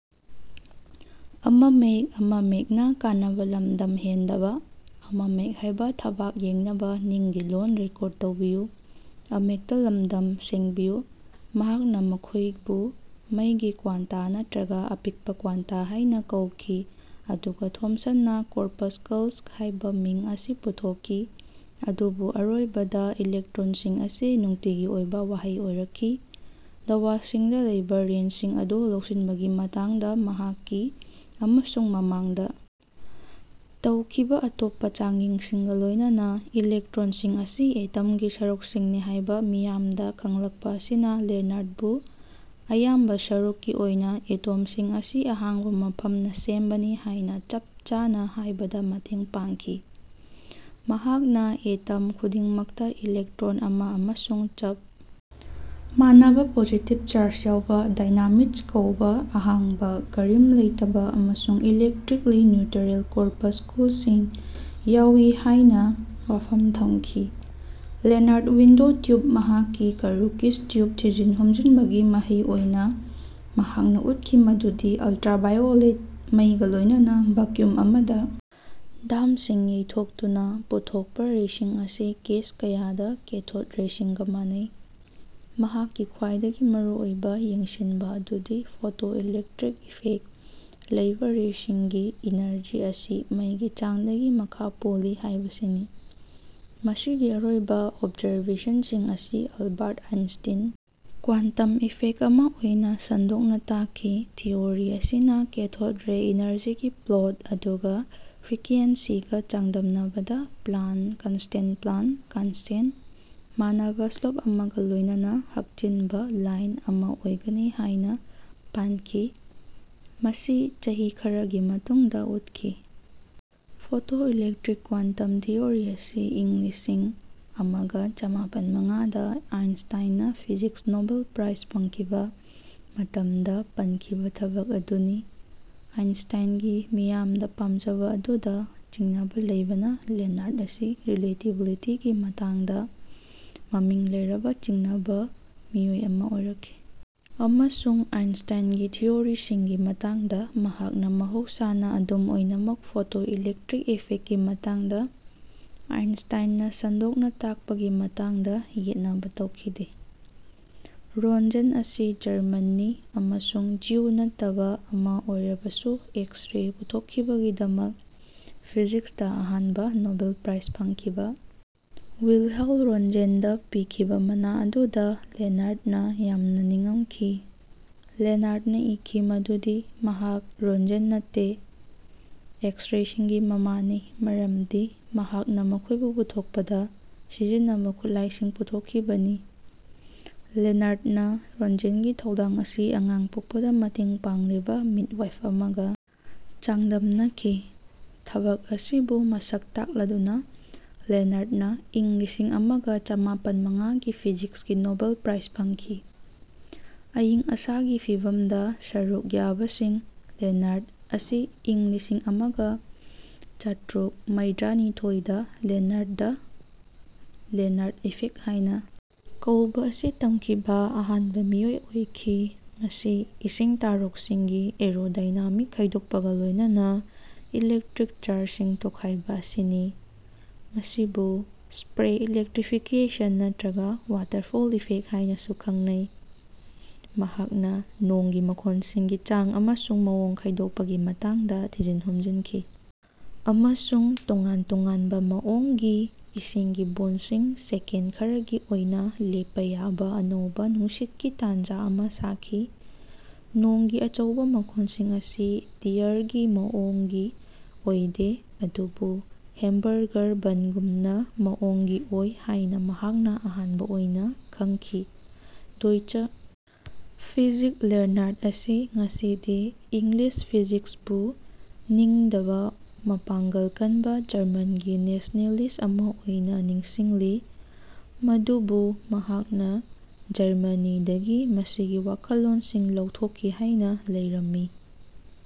ꯃꯍꯥꯛꯅ ꯃꯈꯣꯏꯕꯨ ꯃꯩꯒꯤ ꯀ꯭ꯋꯥꯟꯇꯥ ꯅꯠꯇ꯭ꯔꯒ ꯑꯄꯤꯛꯄ ꯀ꯭ꯋꯥꯟꯇꯥ ꯍꯥꯏꯅ ꯀꯧꯈꯤ ꯑꯗꯨꯒ ꯊꯣꯝꯁꯟꯅ ꯀꯣꯔꯄꯁꯀꯜꯁ ꯍꯥꯏꯕ ꯃꯤꯡ ꯑꯁꯤ ꯄꯨꯊꯣꯛꯈꯤ, ꯑꯗꯨꯕꯨ ꯑꯔꯣꯏꯕꯗ ꯏꯂꯦꯛꯇ꯭ꯔꯣꯟꯁꯤꯡ ꯑꯁꯤ ꯅꯨꯡꯇꯤꯒꯤ ꯑꯣꯏꯕ ꯋꯥꯍꯩ ꯑꯣꯏꯔꯛꯈꯤ꯫ ꯙꯥꯋꯁꯤꯡꯗ ꯂꯩꯕ ꯔꯦꯟꯁꯤꯡ ꯑꯗꯨ ꯂꯧꯁꯤꯟꯕꯒꯤ ꯃꯇꯥꯡꯗ ꯃꯍꯥꯛꯀꯤ ꯑꯃꯁꯨꯡ ꯃꯃꯥꯡꯗ ꯇꯧꯈꯤꯕ ꯑꯇꯣꯞꯄ ꯆꯥꯡꯌꯦꯡꯁꯤꯡꯒ ꯂꯣꯏꯅꯅꯥ, ꯏꯂꯦꯛꯇ꯭ꯔꯣꯟꯁꯤꯡ ꯑꯁꯤ ꯑꯦꯇꯝꯒꯤ ꯁꯔꯨꯛꯁꯤꯡꯅꯤ ꯍꯥꯏꯕ ꯃꯤꯌꯥꯝꯗ ꯈꯪꯂꯛꯄ ꯑꯁꯤꯅ ꯂꯦꯅꯥꯔ꯭ꯗꯕꯨ ꯑꯌꯥꯝꯕ ꯁꯔꯨꯛꯀꯤ ꯑꯣꯏꯅ ꯑꯦꯇꯣꯝꯁꯤꯡ ꯑꯁꯤ ꯑꯍꯥꯡꯕ ꯃꯐꯝꯅ ꯁꯦꯝꯕꯅꯤ ꯍꯥꯏꯅ ꯆꯞꯆꯥꯅ ꯍꯥꯏꯕꯗ ꯃꯇꯦꯡ ꯄꯥꯡꯈꯤ꯫ ꯃꯍꯥꯛꯅ ꯑꯦꯇꯝ ꯈꯨꯗꯤꯡꯃꯛꯇ ꯏꯂꯦꯛꯇ꯭ꯔꯣꯟ ꯑꯃꯥ ꯑꯃꯁꯨꯡ ꯆꯞ ꯃꯥꯟꯅꯕ ꯄꯣꯖꯤꯇꯤꯕ ꯆꯥꯔꯖ ꯌꯥꯎꯕ "ꯗꯥꯏꯅꯥꯃꯤꯗꯁ"ꯀꯧꯕ ꯑꯍꯥꯡ ꯀꯔꯤꯝ ꯂꯩꯇꯕ ꯑꯃꯁꯨꯡ ꯏꯂꯦꯛꯇ꯭ꯔꯤꯛꯂꯤ ꯅ꯭ꯌꯨꯇꯔꯦꯜ ꯀꯣꯔꯄꯁꯀꯨꯜꯁꯤꯡ ꯌꯥꯎꯏ ꯍꯥꯏꯅ ꯋꯥꯐꯝ ꯊꯝꯈꯤ꯫ ꯂꯦꯅꯥꯔ꯭ꯗ ꯋꯤꯟꯗꯣ ꯇ꯭ꯌꯨꯞ ꯃꯍꯥꯛꯀꯤ ꯀꯔꯨꯀꯤꯁ ꯇ꯭ꯌꯨꯞ ꯊꯤꯖꯤꯟ-ꯍꯨꯝꯖꯤꯟꯕꯒꯤ ꯃꯍꯩ ꯑꯣꯏꯅ, ꯃꯍꯥꯛꯅ ꯎꯠꯈꯤ ꯃꯗꯨꯗꯤ ꯑꯜꯇ꯭ꯔꯥꯚꯥꯏꯑꯣꯂꯦꯠ ꯃꯩꯒ ꯂꯣꯏꯅꯅ ꯚꯀ꯭ꯌꯨꯝ ꯑꯃꯗ ꯙꯥꯝꯁꯤꯡ ꯌꯩꯊꯣꯛꯇꯨꯅ ꯄꯨꯊꯣꯛꯄ ꯔꯦꯁꯤꯡ ꯑꯁꯤ ꯀꯦꯁ ꯀꯌꯥꯗ ꯀꯦꯊꯣꯗ ꯔꯦꯁꯤꯡꯒ ꯃꯥꯟꯅꯩ꯫ ꯃꯍꯥꯛꯀꯤ ꯈ꯭ꯋꯥꯏꯗꯒꯤ ꯃꯔꯨꯑꯣꯏꯕ ꯌꯦꯡꯁꯤꯟꯕ ꯑꯗꯨꯗꯤ ꯐꯣꯇꯣ ꯏꯂꯦꯛꯇ꯭ꯔꯤꯛ ꯏꯐꯦꯛ ꯂꯩꯕ ꯔꯦꯁꯤꯡꯒꯤ ꯏꯅꯔꯖꯤ ꯑꯁꯤ ꯃꯩꯒꯤ ꯆꯥꯡꯗꯒꯤ ꯃꯈꯥ ꯄꯣꯜꯂꯤ ꯍꯥꯏꯕꯁꯤꯅꯤ꯫ ꯃꯁꯤꯒꯤ ꯑꯔꯣꯏꯕ ꯑꯣꯞꯖꯔꯕꯦꯁꯟꯁꯤꯡ ꯑꯁꯤ ꯑꯜꯕꯥꯔꯠ ꯑꯥꯏꯟꯁꯇꯤꯟ ꯀ꯭ꯋꯥꯟꯇꯝ ꯏꯐꯦꯛ ꯑꯃ ꯑꯣꯏꯅ ꯁꯟꯗꯣꯛꯅ ꯇꯥꯛꯈꯤ꯫ ꯊꯤꯑꯣꯔꯤ ꯑꯁꯤꯅ ꯀꯦꯊꯣꯗ ꯔꯦ ꯏꯅꯔꯖꯤꯒꯤ ꯄ꯭ꯂꯣꯠ ꯑꯗꯨꯒ ꯐ꯭ꯔꯤꯀ꯭ꯌꯦꯟꯁꯤꯒ ꯆꯥꯡꯗꯝꯅꯕꯗ ꯄ꯭ꯂꯥꯟ ꯀꯟꯁꯇꯦꯟꯄ꯭ꯂꯥꯟ ꯀꯟꯁꯇꯦꯟ, ꯃꯥꯟꯅꯕ ꯁ꯭ꯂꯣꯞ ꯑꯃꯒ ꯂꯣꯏꯅꯅ ꯍꯛꯆꯤꯟꯕ ꯂꯥꯏꯟ ꯑꯃ ꯑꯣꯏꯒꯅꯤ ꯍꯥꯏꯅ ꯄꯥꯟꯈꯤ꯫ ꯃꯁꯤ ꯆꯍꯤ ꯈꯔꯒꯤ ꯃꯇꯨꯡꯗ ꯎꯠꯈꯤ꯫ ꯐꯣꯇꯣ-ꯏꯂꯦꯛꯇ꯭ꯔꯤꯛ ꯀ꯭ꯋꯥꯟꯇꯝ ꯊꯤꯑꯣꯔꯤ ꯑꯁꯤ ꯏꯪ ꯂꯤꯁꯤꯡ ꯑꯃꯒ ꯆꯥꯃꯄꯟꯃꯉꯥꯗ ꯑꯥꯏꯟꯁꯇꯥꯢꯟꯅ ꯐꯤꯖꯤꯛꯁ ꯅꯣꯕꯦꯜ ꯄ꯭ꯔꯥꯏꯖ ꯐꯪꯈꯤꯕ ꯃꯇꯝꯗ ꯄꯟꯈꯤꯕ ꯊꯕꯛ ꯑꯗꯨꯅꯤ꯫ ꯑꯥꯏꯟꯁꯇꯥꯏꯟꯒꯤ ꯃꯤꯌꯥꯝꯗ ꯄꯥꯝꯖꯕ ꯑꯗꯨꯗ ꯆꯤꯡꯅꯕ ꯂꯩꯕꯅ, ꯂꯦꯅꯥꯔ꯭ꯗ ꯑꯁꯤ ꯔꯤꯂꯦꯇꯤꯚꯤꯇꯤꯒꯤ ꯃꯇꯥꯡꯗ ꯃꯃꯤꯡ ꯂꯩꯔꯕ ꯆꯤꯡꯅꯕ ꯃꯤꯑꯣꯏ ꯑꯃ ꯑꯣꯏꯔꯛꯈꯤ ꯑꯃꯁꯨꯡ ꯑꯥꯏꯟꯁꯇꯥꯢꯟꯒꯤ ꯊꯤꯑꯣꯔꯤꯁꯤꯡꯒꯤ ꯃꯇꯥꯡꯗ ꯃꯍꯥꯛꯅ ꯃꯍꯧꯁꯥꯅ ꯑꯗꯨꯝ ꯑꯣꯏꯅꯃꯛ ꯐꯣꯇꯣ ꯏꯂꯦꯛꯇ꯭ꯔꯤꯛ ꯏꯐꯦꯛꯀꯤ ꯃꯇꯥꯡꯗ ꯑꯥꯏꯟꯁꯇꯥꯢꯟꯅ ꯁꯟꯗꯣꯛꯅ ꯇꯥꯛꯄꯒꯤ ꯃꯇꯥꯡꯗ ꯌꯦꯠꯅꯕ ꯇꯧꯈꯤꯗꯦ꯫ ꯔꯣꯟꯖꯦꯟ ꯑꯁꯤ ꯖꯔꯃꯟꯅꯤ ꯑꯃꯁꯨꯡ ꯖ꯭ꯌꯨ ꯅꯠꯇꯕ ꯑꯃ ꯑꯣꯏꯔꯕꯁꯨ, ꯑꯦꯛꯁ-ꯔꯦ ꯄꯨꯊꯣꯛꯈꯤꯕꯒꯤꯗꯃꯛ, ꯐꯤꯖꯤꯛꯁꯇ ꯑꯍꯥꯟꯕ ꯅꯣꯕꯦꯜ ꯄ꯭ꯔꯥꯏꯖ ꯐꯪꯈꯤꯕ, ꯋꯤꯜꯍꯦꯜ ꯔꯣꯟꯖꯦꯟꯗ ꯄꯤꯈꯤꯕ ꯃꯅꯥ ꯑꯗꯨꯗ ꯂꯦꯅꯥꯔ꯭ꯗꯅ ꯌꯥꯝꯅ ꯅꯤꯡꯉꯝꯈꯤ꯫ ꯂꯦꯅꯥꯔ꯭ꯗꯅ ꯏꯈꯤ ꯃꯗꯨꯗꯤ ꯃꯍꯥꯛ ꯔꯣꯟꯖꯦꯟ ꯅꯠꯇꯦ, "ꯑꯦꯛꯁ-ꯔꯦꯁꯤꯡꯒꯤ ꯃꯃꯥ"ꯅꯤ ꯃꯔꯝꯗꯤ ꯃꯍꯥꯛꯅ ꯃꯈꯣꯏꯕꯨ ꯄꯨꯊꯣꯛꯄꯗ ꯁꯤꯖꯤꯟꯅꯕ ꯈꯨꯠꯂꯥꯏꯁꯤꯡ ꯄꯨꯊꯣꯛꯈꯤꯕꯅꯤ꯫ ꯂꯦꯅꯥꯔ꯭ꯗꯅ ꯔꯣꯟꯖꯦꯟꯒꯤ ꯊꯧꯗꯥꯡ ꯑꯁꯤ ꯑꯉꯥꯡ ꯄꯣꯛꯄꯗ ꯃꯇꯦꯡ ꯄꯥꯡꯂꯤꯕ "ꯃꯤꯗꯋꯥꯏꯐ" ꯑꯃꯒ ꯆꯥꯡꯗꯝꯅꯈꯤ꯫ ꯊꯕꯛ ꯑꯁꯤꯕꯨ ꯃꯁꯛ ꯇꯥꯛꯂꯗꯨꯅ ꯂꯦꯅꯥꯔ꯭ꯗꯅ ꯏꯪ ꯂꯤꯁꯤꯡ ꯑꯃꯒ ꯆꯥꯃꯄꯟ ꯃꯉꯥꯒꯤ ꯐꯤꯖꯤꯛꯁꯀꯤ ꯅꯣꯕꯦꯜ ꯄ꯭ꯔꯥꯏꯖ ꯐꯪꯈꯤ꯫ ꯑꯏꯪ ꯑꯁꯥꯒꯤ ꯐꯤꯕꯝꯗ ꯁꯔꯨꯛ ꯌꯥꯕꯁꯤꯡ ꯂꯦꯅꯥꯔ꯭ꯗ ꯑꯁꯤ ꯏꯪ ꯂꯤꯁꯤꯡ ꯑꯃꯒ ꯆꯥꯇ꯭ꯔꯨꯛ ꯃꯩꯗ꯭ꯔꯥꯅꯤꯊꯣꯢ the Lenard "the Lenard effect" ꯍꯥꯏꯅ ꯀꯧꯕ ꯑꯁꯤ ꯇꯝꯈꯤꯕ ꯑꯍꯥꯟꯕ ꯃꯤꯑꯣꯏ ꯑꯣꯏꯈꯤ꯫ ꯃꯁꯤ ꯏꯁꯤꯡ ꯇꯥꯔꯣꯛꯁꯤꯡꯒꯤ ꯑꯦꯔꯣꯗꯥꯏꯅꯥꯃꯤꯛ ꯈꯥꯏꯗꯣꯛꯄꯒ ꯂꯣꯏꯅꯅ ꯏꯂꯦꯛꯇ꯭ꯔꯤꯛ ꯆꯥꯔꯖꯁꯤꯡ ꯇꯣꯈꯥꯏꯕ ꯑꯁꯤꯅꯤ꯫ ꯃꯁꯤꯕꯨ ꯁ꯭ꯄꯔꯦ ꯏꯂꯦꯛꯇ꯭ꯔꯤꯐꯤꯀ꯭ꯌꯦꯁꯟ ꯅꯠꯇ꯭ꯔꯒ ꯋꯥꯇꯔꯐꯣꯜ ꯏꯐꯦꯛ ꯍꯥꯏꯅꯁꯨ ꯈꯪꯅꯩ꯫ ꯃꯍꯥꯛꯅ ꯅꯣꯡꯒꯤ ꯃꯈꯣꯟꯁꯤꯡꯒꯤ ꯆꯥꯡ ꯑꯃꯁꯨꯡ ꯃꯑꯣꯡ ꯈꯥꯏꯗꯣꯛꯄꯒꯤ ꯃꯇꯥꯡꯗ ꯊꯤꯖꯤꯟ-ꯍꯨꯝꯖꯤꯟꯈꯤ ꯑꯃꯁꯨꯡ ꯇꯣꯉꯥꯟ-ꯇꯣꯉꯥꯟꯕ ꯃꯑꯣꯡꯒꯤ ꯏꯁꯤꯡꯒꯤ ꯕꯣꯟꯁꯤꯡ ꯁꯦꯀꯦꯟ ꯈꯔꯒꯤ ꯑꯣꯏꯅ ꯂꯦꯞꯄ ꯌꯥꯕ ꯑꯅꯧꯕ ꯅꯨꯡꯁꯤꯠꯀꯤ ꯇꯥꯟꯖ ꯑꯃ ꯁꯥꯈꯤ꯫ ꯅꯣꯡꯒꯤ ꯑꯆꯧꯕ ꯃꯈꯣꯟꯁꯤꯡ ꯑꯁꯤ ꯇꯤꯌꯔꯒꯤ ꯃꯑꯣꯡꯒꯤ ꯑꯣꯏꯗꯦ, ꯑꯗꯨꯕꯨ ꯍꯦꯝꯕꯔꯒꯔ ꯕꯟꯒꯨꯝꯅ ꯃꯑꯣꯡꯒꯤ ꯑꯣꯏ ꯍꯥꯏꯅ ꯃꯍꯥꯛꯅ ꯑꯍꯥꯟꯕ ꯑꯣꯏꯅ ꯈꯪꯈꯤ꯫ ꯗꯣꯏꯆ ꯐꯤꯖꯤꯛ ꯂꯦꯅꯥꯔ꯭ꯗ ꯑꯁꯤ ꯉꯁꯤꯗꯤ "ꯏꯪꯂꯤꯁ ꯐꯤꯖꯤꯛꯁ"ꯕꯨ ꯅꯤꯡꯗꯕ ꯃꯄꯥꯡꯒꯜ ꯀꯟꯕ ꯖꯔꯃꯟꯒꯤ ꯅꯦꯁꯅꯦꯂꯤꯁ ꯑꯃꯥ ꯑꯣꯏꯅ ꯅꯤꯡꯁꯤꯡꯂꯤ, ꯃꯗꯨꯕꯨ ꯃꯍꯥꯛꯅ ꯖꯔꯃꯅꯤꯗꯒꯤ ꯃꯁꯤꯒꯤ ꯋꯥꯈꯜꯂꯣꯟꯁꯤꯡ ꯂꯧꯊꯣꯛꯈꯤ ꯍꯥꯏꯅ ꯂꯧꯔꯝꯃꯤ꯫"